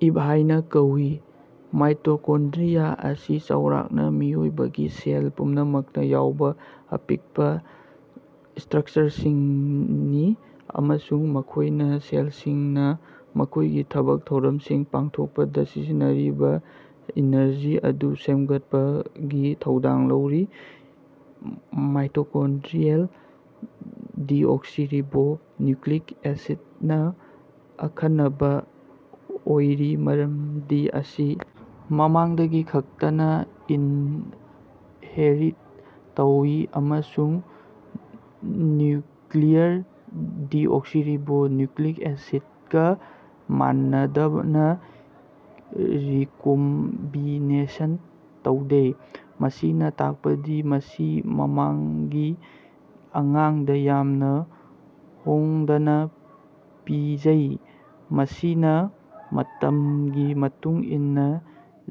"ꯏꯞ" ꯍꯥꯏꯅꯥ ꯀꯧꯏ꯫ ꯃꯥꯏꯇꯣꯀꯣꯟꯗ꯭ꯔꯤꯌꯥ ꯑꯁꯤ ꯆꯥꯎꯔꯥꯛꯅꯥ ꯃꯤꯑꯣꯏꯕꯒꯤ ꯁꯦꯜ ꯄꯨꯝꯅꯃꯛꯇꯥ ꯌꯥꯎꯕꯥ ꯑꯄꯤꯛꯄꯥ ꯏꯁꯇ꯭ꯔꯛꯆꯔꯁꯤꯡꯅꯤ ꯑꯃꯁꯨꯡ ꯃꯈꯣꯏꯅꯥ ꯁꯦꯜꯁꯤꯡꯅꯥ ꯃꯈꯣꯏꯒꯤ ꯊꯕꯛ ꯊꯧꯔꯝꯁꯤꯡ ꯄꯥꯡꯊꯣꯛꯄꯗꯥ ꯁꯤꯖꯤꯟꯅꯔꯤꯕꯥ ꯏꯅꯔꯖꯤ ꯑꯗꯨ ꯁꯦꯝꯒꯠꯄꯒꯤ ꯊꯧꯗꯥꯡ ꯂꯧꯔꯤ꯫ ꯃꯥꯏꯇꯣꯀꯣꯟꯗ꯭ꯔꯤꯑꯦꯜ ꯗꯤꯑꯣꯛꯁꯤꯔꯤꯕꯣ ꯅꯤꯎꯀ꯭ꯂꯤꯛ ꯑꯦꯁꯤꯠꯅꯥ ꯑꯈꯟꯅꯕꯥ ꯑꯣꯏꯔꯤ ꯃꯔꯝꯗꯤ ꯑꯁꯤ ꯃꯃꯥꯗꯒꯤ ꯈꯛꯇꯅꯥ ꯏꯟꯍꯦꯔꯤꯠ ꯇꯧꯏ ꯑꯃꯁꯨꯡ ꯅ꯭ꯌꯨꯀ꯭ꯂꯤꯌꯔ ꯗꯤꯑꯣꯛꯁꯤꯔꯤꯕꯣ ꯅꯤꯎꯀ꯭ꯂꯤꯛ ꯑꯦꯁꯤꯠꯒꯥ ꯃꯥꯟꯅꯗꯅꯥ, ꯔꯤꯀꯣꯝꯕꯤꯅꯦꯁꯟ ꯇꯧꯗꯦ꯫ ꯃꯁꯤꯅꯥ ꯇꯥꯛꯄꯗꯤ ꯃꯁꯤ ꯃꯃꯥꯡꯒꯤ ꯑꯉꯥꯡꯗꯥ ꯌꯥꯝꯅꯥ ꯍꯣꯡꯗꯅꯥ ꯄꯤꯖꯩ, ꯃꯁꯤꯅꯥ ꯃꯇꯝꯒꯤ ꯃꯇꯨꯡ ꯏꯟꯅꯥ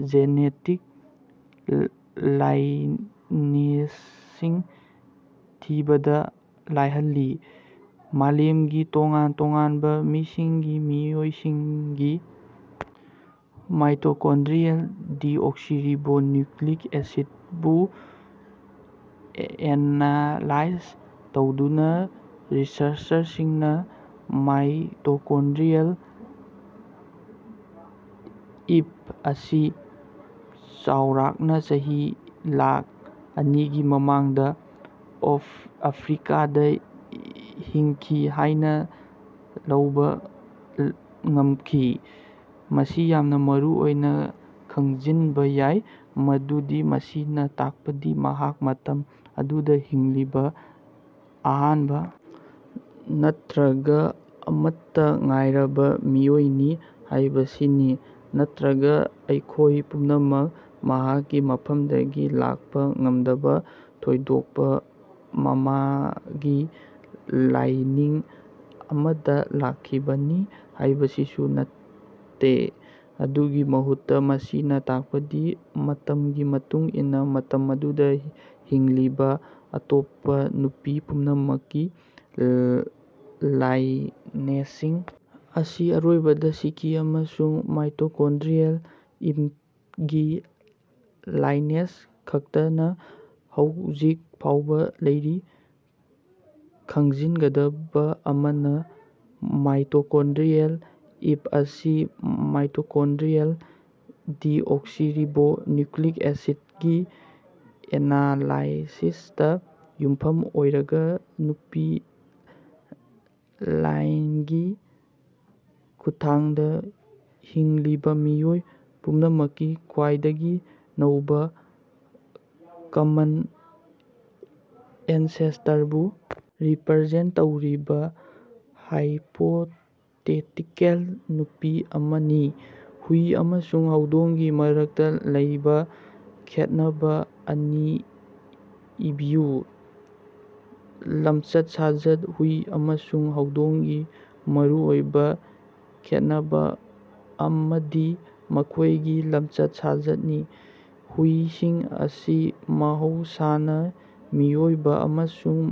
ꯖꯦꯅꯦꯇꯤꯛ ꯂꯥꯏꯅꯦꯖꯁꯤꯡ ꯊꯤꯕꯗꯥ ꯂꯥꯏꯍꯜꯂꯤ꯫ ꯃꯥꯂꯦꯝꯒꯤ ꯇꯣꯉꯥꯟ ꯇꯣꯉꯥꯟꯕꯥ ꯃꯤꯁꯤꯡꯒꯤ ꯃꯤꯑꯣꯏꯁꯤꯡꯒꯤ ꯃꯥꯏꯇꯣꯀꯣꯟꯗ꯭ꯔꯤꯑꯦꯜ ꯗꯤꯑꯣꯛꯁꯤꯔꯤꯕꯣ ꯅꯤꯎꯀ꯭ꯂꯤꯛ ꯑꯦꯁꯤꯠꯕꯨ ꯑꯦꯅꯥꯂꯥꯏꯖ ꯇꯧꯗꯨꯅꯥ ꯔꯤꯁꯔꯆꯔꯁꯤꯡꯅꯥ ꯃꯥꯏꯇꯣꯀꯣꯟꯗ꯭ꯔꯤꯑꯦꯜ ꯏꯞ ꯑꯁꯤ ꯆꯥꯎꯔꯥꯛꯅꯥ ꯆꯍꯤ ꯂꯥꯛ ꯑꯅꯤꯒꯤ ꯃꯃꯥꯡꯗꯥ, ꯑꯣꯐ ꯑꯐ꯭ꯔꯤꯀꯥꯗꯥ ꯍꯤꯡꯈꯤ ꯍꯥꯏꯅꯥ ꯂꯧꯕꯥ ꯉꯝꯈꯤ꯫ ꯃꯁꯤ ꯌꯥꯝꯅꯥ ꯃꯔꯨꯑꯣꯏꯅꯥ ꯈꯪꯖꯤꯟꯕꯥ ꯌꯥꯏ ꯃꯗꯨꯗꯤ ꯃꯁꯤꯅꯥ ꯇꯥꯛꯄꯗꯤ ꯃꯍꯥꯛ ꯃꯇꯝ ꯑꯗꯨꯗꯥ ꯍꯤꯡꯂꯤꯕꯥ ꯑꯍꯥꯟꯕꯥ ꯅꯠꯇ꯭ꯔꯒꯥ ꯑꯃꯠꯇꯥ ꯉꯥꯏꯔꯕꯥ ꯃꯤꯑꯣꯏꯅꯤ ꯍꯥꯏꯕꯁꯤꯅꯤ, ꯅꯠꯇ꯭ꯔꯒꯥ ꯑꯩꯈꯣꯏ ꯄꯨꯝꯅꯃꯛ ꯃꯍꯥꯛꯀꯤ ꯃꯐꯝꯗꯒꯤ ꯂꯥꯛꯄꯥ ꯉꯝꯗꯕꯥ, ꯊꯣꯏꯗꯣꯛꯄꯥ ꯃꯃꯥꯒꯤ ꯂꯥꯏꯅꯤꯡ ꯑꯃꯗꯥ ꯂꯥꯛꯈꯤꯕꯅꯤ ꯍꯥꯏꯕꯁꯤꯁꯨ ꯅꯠꯇꯦ꯫ ꯑꯗꯨꯒꯤ ꯃꯍꯨꯠꯇꯥ, ꯃꯁꯤꯅꯥ ꯇꯥꯛꯄꯗꯤ ꯃꯇꯝꯒꯤ ꯃꯇꯨꯡ ꯏꯟꯅꯥ ꯃꯇꯝ ꯑꯗꯨꯗꯥ ꯍꯤꯡꯂꯤꯕꯥ ꯑꯇꯣꯞꯄꯥ ꯅꯨꯄꯤ ꯄꯨꯝꯅꯃꯛꯀꯤ ꯂꯥꯏꯅꯦꯖꯁꯤꯡ ꯑꯁꯤ ꯑꯔꯣꯏꯕꯗꯥ ꯁꯤꯈꯤ ꯑꯃꯁꯨꯡ ꯃꯥꯏꯇꯣꯀꯣꯟꯗ꯭ꯔꯤꯑꯦꯜ ꯏꯞꯒꯤ ꯂꯥꯏꯅꯦꯖ ꯈꯛꯇꯅꯥ ꯍꯧꯖꯤꯛ ꯐꯥꯎꯕꯥ ꯂꯩꯔꯤ꯫ ꯈꯪꯖꯤꯟꯒꯗꯕꯥ ꯑꯃꯅꯥ, ꯃꯥꯏꯇꯣꯀꯣꯟꯗ꯭ꯔꯤꯑꯦꯜ ꯏꯞ ꯑꯁꯤ ꯃꯥꯏꯇꯣꯀꯣꯟꯗ꯭ꯔꯤꯑꯦꯜ ꯗꯤꯑꯣꯛꯁꯤꯔꯤꯕꯣ ꯅꯤꯎꯀ꯭ꯂꯤꯛ ꯑꯦꯁꯤꯠꯒꯤ ꯑꯦꯅꯥꯂꯥꯏꯁꯤꯁꯇꯥ ꯌꯨꯝꯐꯝ ꯑꯣꯏꯔꯒꯥ, ꯅꯨꯄꯤ ꯂꯥꯏꯟꯒꯤ ꯈꯨꯠꯊꯥꯡꯗꯥ ꯍꯤꯡꯂꯤꯕꯥ ꯃꯤꯑꯣꯏ ꯄꯨꯝꯅꯃꯛꯀꯤ ꯈ꯭ꯋꯥꯏꯗꯒꯤ ꯅꯧꯕꯥ ꯀꯃꯟ ꯑꯦꯟꯁꯦꯁꯇꯔꯕꯨ ꯔꯤꯄ꯭ꯔꯖꯦꯟꯇ ꯇꯧꯔꯤꯕꯥ ꯍꯥꯏꯄꯣꯇꯦꯇꯤꯀꯜ ꯅꯨꯄꯤ ꯑꯃꯅꯤ꯫ ꯍꯨꯏ ꯑꯃꯁꯨꯡ ꯍꯧꯗꯣꯡꯒꯤ ꯃꯔꯛꯇꯥ ꯂꯩꯕꯥ ꯈꯦꯠꯅꯕꯥ ꯑꯅꯤ ꯏꯕꯤꯌꯨ꯫ ꯂꯝꯆꯠ-ꯁꯥꯖꯠ: ꯍꯨꯏ ꯑꯃꯁꯨꯡ ꯍꯧꯗꯣꯡꯒꯤ ꯃꯔꯨꯑꯣꯏꯕꯥ ꯈꯦꯠꯅꯕꯥ ꯑꯃꯗꯤ ꯃꯈꯣꯏꯒꯤ ꯂꯝꯆꯠ-ꯁꯥꯖꯠꯅꯤ꯫ ꯍꯨꯏꯁꯤꯡ ꯑꯁꯤ ꯃꯍꯧꯁꯥꯅꯥ ꯃꯤꯑꯣꯏꯕꯥ ꯑꯃꯁꯨꯡ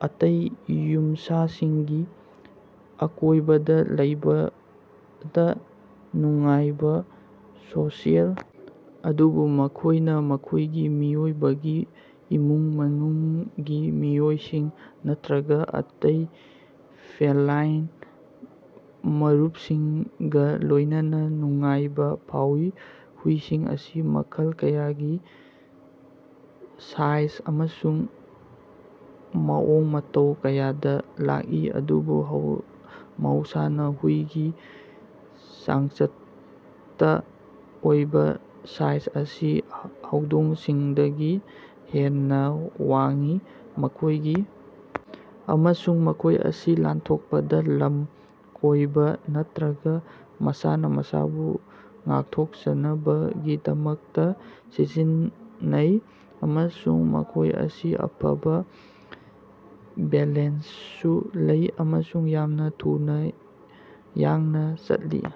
ꯑꯇꯩ ꯌꯨꯝꯁꯥꯁꯤꯡꯒꯤ ꯑꯀꯣꯏꯕꯗꯥ ꯂꯩꯕꯗꯥ ꯅꯨꯡꯉꯥꯏꯕꯥ ꯁꯣꯁꯤꯑꯦꯜ ꯑꯗꯨꯕꯨ ꯃꯈꯣꯏꯅꯥ ꯃꯈꯣꯏꯒꯤ ꯃꯤꯑꯣꯏꯕꯒꯤ ꯏꯃꯨꯡ-ꯃꯅꯨꯡꯒꯤ ꯃꯤꯑꯣꯏꯁꯤꯡ ꯅꯠꯇ꯭ꯔꯒꯥ ꯑꯇꯩ ꯐꯦꯂꯥꯏꯟ ꯃꯔꯨꯞꯁꯤꯡꯒꯥ ꯂꯣꯏꯅꯅꯥ ꯅꯨꯡꯉꯥꯏꯕꯥ ꯐꯥꯎꯏ꯫ ꯍꯨꯏꯁꯤꯡ ꯑꯁꯤ ꯃꯈꯜ ꯀꯌꯥꯒꯤ, ꯁꯥꯏꯖ ꯑꯃꯁꯨꯡ ꯃꯑꯣꯡ-ꯃꯇꯧ ꯀꯌꯥꯗꯥ ꯂꯥꯛꯏ, ꯑꯗꯨꯕꯨ ꯃꯍꯧꯁꯥꯅꯥ, ꯍꯨꯏꯒꯤ ꯆꯥꯡꯆꯠꯇꯥ ꯑꯣꯏꯕꯥ ꯁꯥꯏꯖ ꯑꯁꯤ ꯍꯧꯗꯣꯡꯁꯤꯡꯗꯒꯤ ꯍꯦꯟꯅꯥ ꯋꯥꯡꯏ꯫ ꯃꯈꯣꯏꯒꯤ ꯑꯃꯁꯨꯡ ꯃꯈꯣꯏ ꯑꯁꯤ ꯂꯥꯟꯊꯣꯛꯄꯗꯥ, ꯂꯝ ꯀꯣꯏꯕꯥ ꯅꯠꯇ꯭ꯔꯒꯥ ꯃꯁꯥꯅꯥ ꯃꯁꯥꯕꯨ ꯉꯥꯛꯊꯣꯛꯆꯅꯕꯒꯤꯗꯃꯛꯇꯥ ꯁꯤꯖꯤꯟꯅꯩ, ꯑꯃꯁꯨꯡ ꯃꯈꯣꯏ ꯑꯁꯤ ꯑꯐꯕꯥ ꯕꯦꯂꯦꯟꯁꯁꯨ ꯂꯩ ꯑꯃꯁꯨꯡ ꯌꯥꯝꯅꯥ ꯊꯨꯅꯥ ꯌꯥꯡꯅꯥ ꯆꯠꯂꯤ꯫